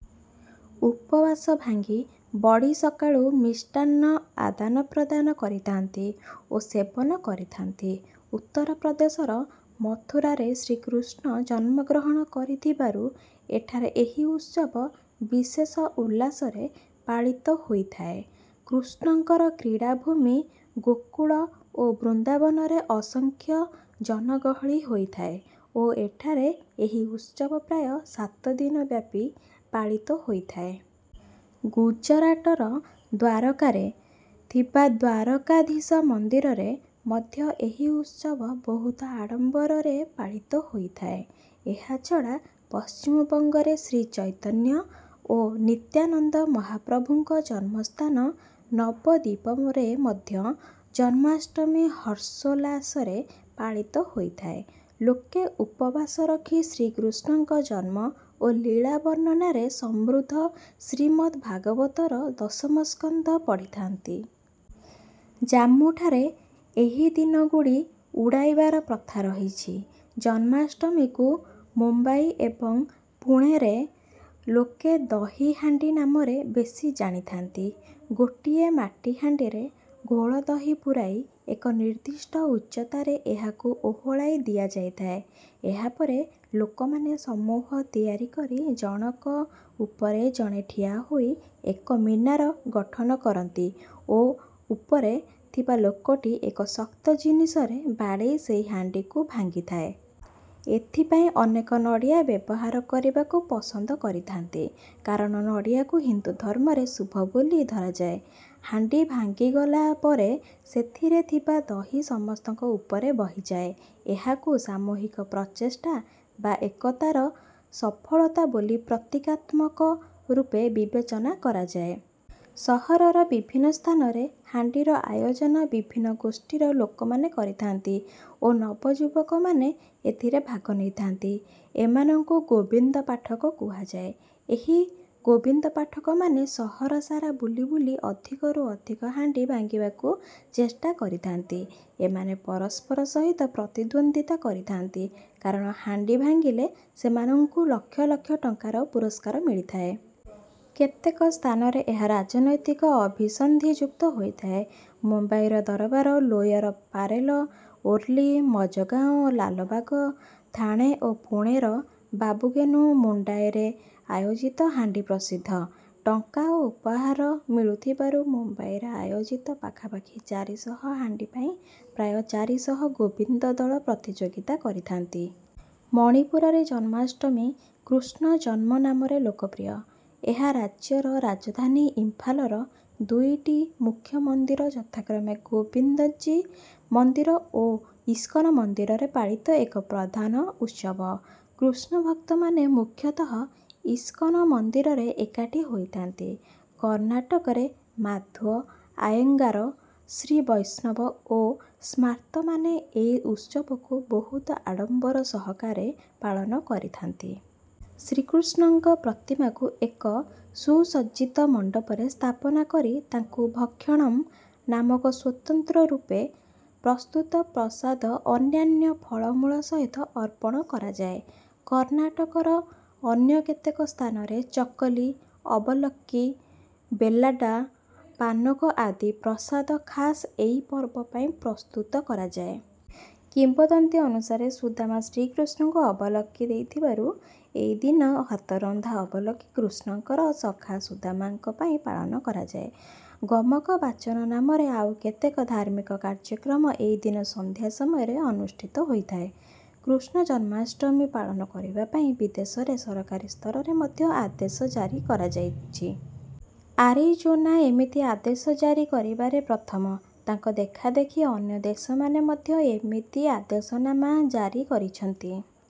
ଉପବାସ ଭାଙ୍ଗି ବଡ଼ି ସକାଳୁ ମିଷ୍ଟାନ୍ନ ଆଦାନପ୍ରଦାନ କରିଥାନ୍ତି ଓ ସେବନ କରିଥାନ୍ତି। ଉତ୍ତର ପ୍ରଦେଶର ମଥୁରାରେ ଶ୍ରୀକୃଷ୍ଣ ଜନ୍ମଗ୍ରହଣ କରିଥିବାରୁ ଏଠାରେ ଏହି ଉତ୍ସବ ବିଶେଷ ଉଲ୍ଲାସରେ ପାଳିତ ହୋଇଥାଏ। କୃଷ୍ଣଙ୍କର କ୍ରୀଡ଼ାଭୂମି ଗୋକୁଳ ଓ ବୃନ୍ଦାବନରେ ଅସଂଖ୍ୟ ଜନଗହଳି ହୋଇଥାଏ ଓ ଏଠାରେ ଏହି ଉତ୍ସବ ପ୍ରାୟ ସାତ ଦିନ ବ୍ୟାପି ପାଳିତ ହୋଇଥାଏ। ଗୁଜରାଟର ଦ୍ୱାରକାରେ ଥିବା ଦ୍ୱାରକାଧୀଶ ମନ୍ଦିରରେ ମଧ୍ୟ ଏହି ଉତ୍ସବ ବହୁତ ଆଡ଼ମ୍ବରରେ ପାଳିତ ହୋଇଥାଏ। ଏହାଛଡ଼ା ପଶ୍ଚିମବଙ୍ଗରେ ଶ୍ରୀଚୈତନ୍ୟ ଓ ନିତ୍ୟାନନ୍ଦ ମହାପ୍ରଭୁଙ୍କ ଜନ୍ମସ୍ଥାନ ନବଦ୍ୱୀପରେ ମଧ୍ୟ ଜନ୍ମାଷ୍ଟମୀ ହର୍ଷୋଲ୍ଲାସରେ ପାଳିତ ହୋଇଥାଏ। ଲୋକେ ଉପବାସ ରଖି ଶ୍ରୀକୃଷ୍ଣଙ୍କ ଜନ୍ମ ଓ ଲୀଳା ବର୍ଣ୍ଣନାରେ ସମୃଦ୍ଧ ଶ୍ରୀମଦ୍‌ଭାଗବତର ଦଶମ ସ୍କନ୍ଧ ପଢ଼ିଥାନ୍ତି। ଜାମ୍ମୁଠାରେ ଏହିଦିନ ଗୁଡ଼ି ଉଡ଼ାଇବାର ପ୍ରଥା ରହିଛି। ଜନ୍ମାଷ୍ଟମୀକୁ ମୁମ୍ବାଇ ଏବଂ ପୁଣେରେ ଲୋକେ 'ଦହି ହାଣ୍ଡି' ନାମରେ ବେଶି ଜାଣିଥାନ୍ତି। ଗୋଟିଏ ମାଟିହାଣ୍ଡିରେ ଘୋଳଦହି ପୂରାଇ ଏକ ନିର୍ଦ୍ଦିଷ୍ଟ ଉଚ୍ଚତାରେ ଏହାକୁ ଓହଳାଇ ଦିଆଯାଇଥାଏ। ଏହାପରେ ଲୋକମାନେ ସମୂହ ତିଆରି କରି ଜଣକ ଉପରେ ଜଣେ ଠିଆହୋଇ ଏକ ମିନାର ଗଠନ କରନ୍ତି ଓ ଉପରେ ଥିବା ଲୋକଟି ଏକ ଶକ୍ତ ଜିନିଷରେ ବାଡ଼େଇ ସେହି ହାଣ୍ଡିକୁ ଭାଙ୍ଗିଥାଏ। ଏଥିପାଇଁ ଅନେକ ନଡ଼ିଆ ବ୍ୟବହାର କରିବାକୁ ପସନ୍ଦ କରିଥାନ୍ତି, କାରଣ ନଡ଼ିଆକୁ ହିନ୍ଦୁ ଧର୍ମରେ ଶୁଭ ବୋଲି ଧରାଯାଏ। ହାଣ୍ଡି ଭାଙ୍ଗିଗଲା ପରେ ସେଥିରେ ଥିବା ଦହି ସମସ୍ତଙ୍କ ଉପରେ ବହିଯାଏ। ଏହାକୁ ସାମୂହିକ ପ୍ରଚେଷ୍ଟା ବା ଏକତାର ସଫଳତା ବୋଲି ପ୍ରତୀକାତ୍ମକ ରୂପେ ବିବେଚନା କରାଯାଏ। ସହରର ବିଭିନ୍ନ ସ୍ଥାନରେ ହାଣ୍ଡିର ଆୟୋଜନ ବିଭିନ୍ନ ଗୋଷ୍ଠୀର ଲୋକମାନେ କରିଥାନ୍ତି ଓ ନବଯୁବକମାନେ ଏଥିରେ ଭାଗ ନେଇଥାନ୍ତି। ଏମାନଙ୍କୁ 'ଗୋବିନ୍ଦ ପାଠକ' କୁହାଯାଏ। ଏହି ଗୋବିନ୍ଦ ପାଠକମାନେ ସହରସାରା ବୁଲି ବୁଲି ଅଧିକରୁ ଅଧିକ ହାଣ୍ଡି ଭାଙ୍ଗିବାକୁ ଚେଷ୍ଟା କରିଥାନ୍ତି। ଏମାନେ ପରସ୍ପର ସହିତ ପ୍ରତିଦ୍ୱନ୍ଦ୍ୱିତା କରିଥାନ୍ତି, କାରଣ ହାଣ୍ଡି ଭାଙ୍ଗିଲେ ସେମାନଙ୍କୁ ଲକ୍ଷ ଲକ୍ଷ ଟଙ୍କାର ପୁରସ୍କାର ମିଳିଥାଏ। କେତେକ ସ୍ଥାନରେ ଏହା ରାଜନୈତିକ ଅଭିସନ୍ଧିଯୁକ୍ତ ହୋଇଥାଏ। ମୁମ୍ବାଇର ଦରବାର, ଲୋୟର ପାରେଲ, ଓର୍ଲି, ମଜଗାଓଁ, ଲାଲବାଗ, ଥାଣେ ଓ ପୁଣେର ବାବୁ ଗେନୁ, ମଣ୍ଡାଇରେ ଆୟୋଜିତ ହାଣ୍ଡି ପ୍ରସିଦ୍ଧ। ଟଙ୍କା ଓ ଉପହାର ମିଳୁଥିବାରୁ ମୁମ୍ବାଇରେ ଆୟୋଜିତ ପାଖାପାଖି ଚାରି ଶହ ହାଣ୍ଡି ପାଇଁ ପ୍ରାୟ ଚାରି ଶହ ଗୋବିନ୍ଦ ଦଳ ପ୍ରତିଯୋଗିତା କରିଥାନ୍ତି। ମଣିପୁରରେ ଜନ୍ମାଷ୍ଟମୀ 'କୃଷ୍ଣଜନ୍ମ' ନାମରେ ଲୋକପ୍ରିୟ। ଏହା ରାଜ୍ୟର ରାଜଧାନୀ ଇମ୍ଫାଲର ଦୁଇଟି ମୁଖ୍ୟ ମନ୍ଦିର ଯଥାକ୍ରମେ ଗୋବିନ୍ଦଜୀ ମନ୍ଦିର ଓ ଇସ୍କନ ମନ୍ଦିରରେ ପାଳିତ ଏକ ପ୍ରଧାନ ଉତ୍ସବ। କୃଷ୍ଣଭକ୍ତମାନେ ମୁଖ୍ୟତଃ ଇସ୍କନ ମନ୍ଦିରରେ ଏକାଠି ହୋଇଥାନ୍ତି। କର୍ଣ୍ଣାଟକରେ ମାଧ୍ୱ, ଆୟେଙ୍ଗାର, ଶ୍ରୀବୈଷ୍ଣବ ଓ ସ୍ମାର୍ତ୍ତମାନେ ଏଇ ଉତ୍ସବକୁ ବହୁତ ଆଡ଼ମ୍ବର ସହକାରେ ପାଳନ କରିଥାନ୍ତି। ଶ୍ରୀକୃଷ୍ଣଙ୍କ ପ୍ରତିମାକୁ ଏକ ସୁସଜ୍ଜିତ ମଣ୍ଡପରେ ସ୍ଥାପନା କରି ତାଙ୍କୁ 'ଭକ୍ଷଣମ୍' ନାମକ ସ୍ୱତନ୍ତ୍ର ରୂପେ ପ୍ରସ୍ତୁତ ପ୍ରସାଦ ଅନ୍ୟାନ୍ୟ ଫଳମୂଳ ସହିତ ଅର୍ପଣ କରାଯାଏ। କର୍ଣ୍ଣାଟକର ଅନ୍ୟ କେତେକ ସ୍ଥାନରେ ଚକଲି, ଅବଲକ୍କି, ବେଲ୍ଲାଡା ପାନକ ଆଦି ପ୍ରସାଦ ଖାସ୍ ଏଇ ପର୍ବ ପାଇଁ ପ୍ରସ୍ତୁତ କରାଯାଏ। କିମ୍ବଦନ୍ତୀ ଅନୁସାରେ ସୁଦାମା ଶ୍ରୀକୃଷ୍ଣଙ୍କୁ ଅବଲକ୍କି ଦେଇଥିବାରୁ ଏଇଦିନ ହାତରନ୍ଧା ଅବଲକ୍କି କୃଷ୍ଣଙ୍କର ସଖା ସୁଦାମାଙ୍କ ପାଇଁ ପାଳନ କରାଯାଏ। ଗମକ ବାଚନ ନାମରେ ଆଉ କେତେକ ଧାର୍ମିକ କାର୍ଯ୍ୟକ୍ରମ ଏଇଦିନ ସନ୍ଧ୍ୟା ସମୟରେ ଅନୁଷ୍ଠିତ ହୋଇଥାଏ। କୃଷ୍ଣଜନ୍ମାଷ୍ଟମୀ ପାଳନ କରିବା ପାଇଁ ବିଦେଶରେ ସରକାରୀ ସ୍ତରରେ ମଧ୍ୟ ଆଦେଶ ଜାରି କରାଯାଇଅଛି। ଆରିଜୋନା ଏମିତି ଆଦେଶ ଜାରି କରିବାରେ ପ୍ରଥମ। ତାଙ୍କ ଦେଖାଦେଖି ଅନ୍ୟ ଦେଶମାନେ ମଧ୍ୟ ଏମିତି ଆଦେଶନାମା ଜାରି କରିଛନ୍ତି।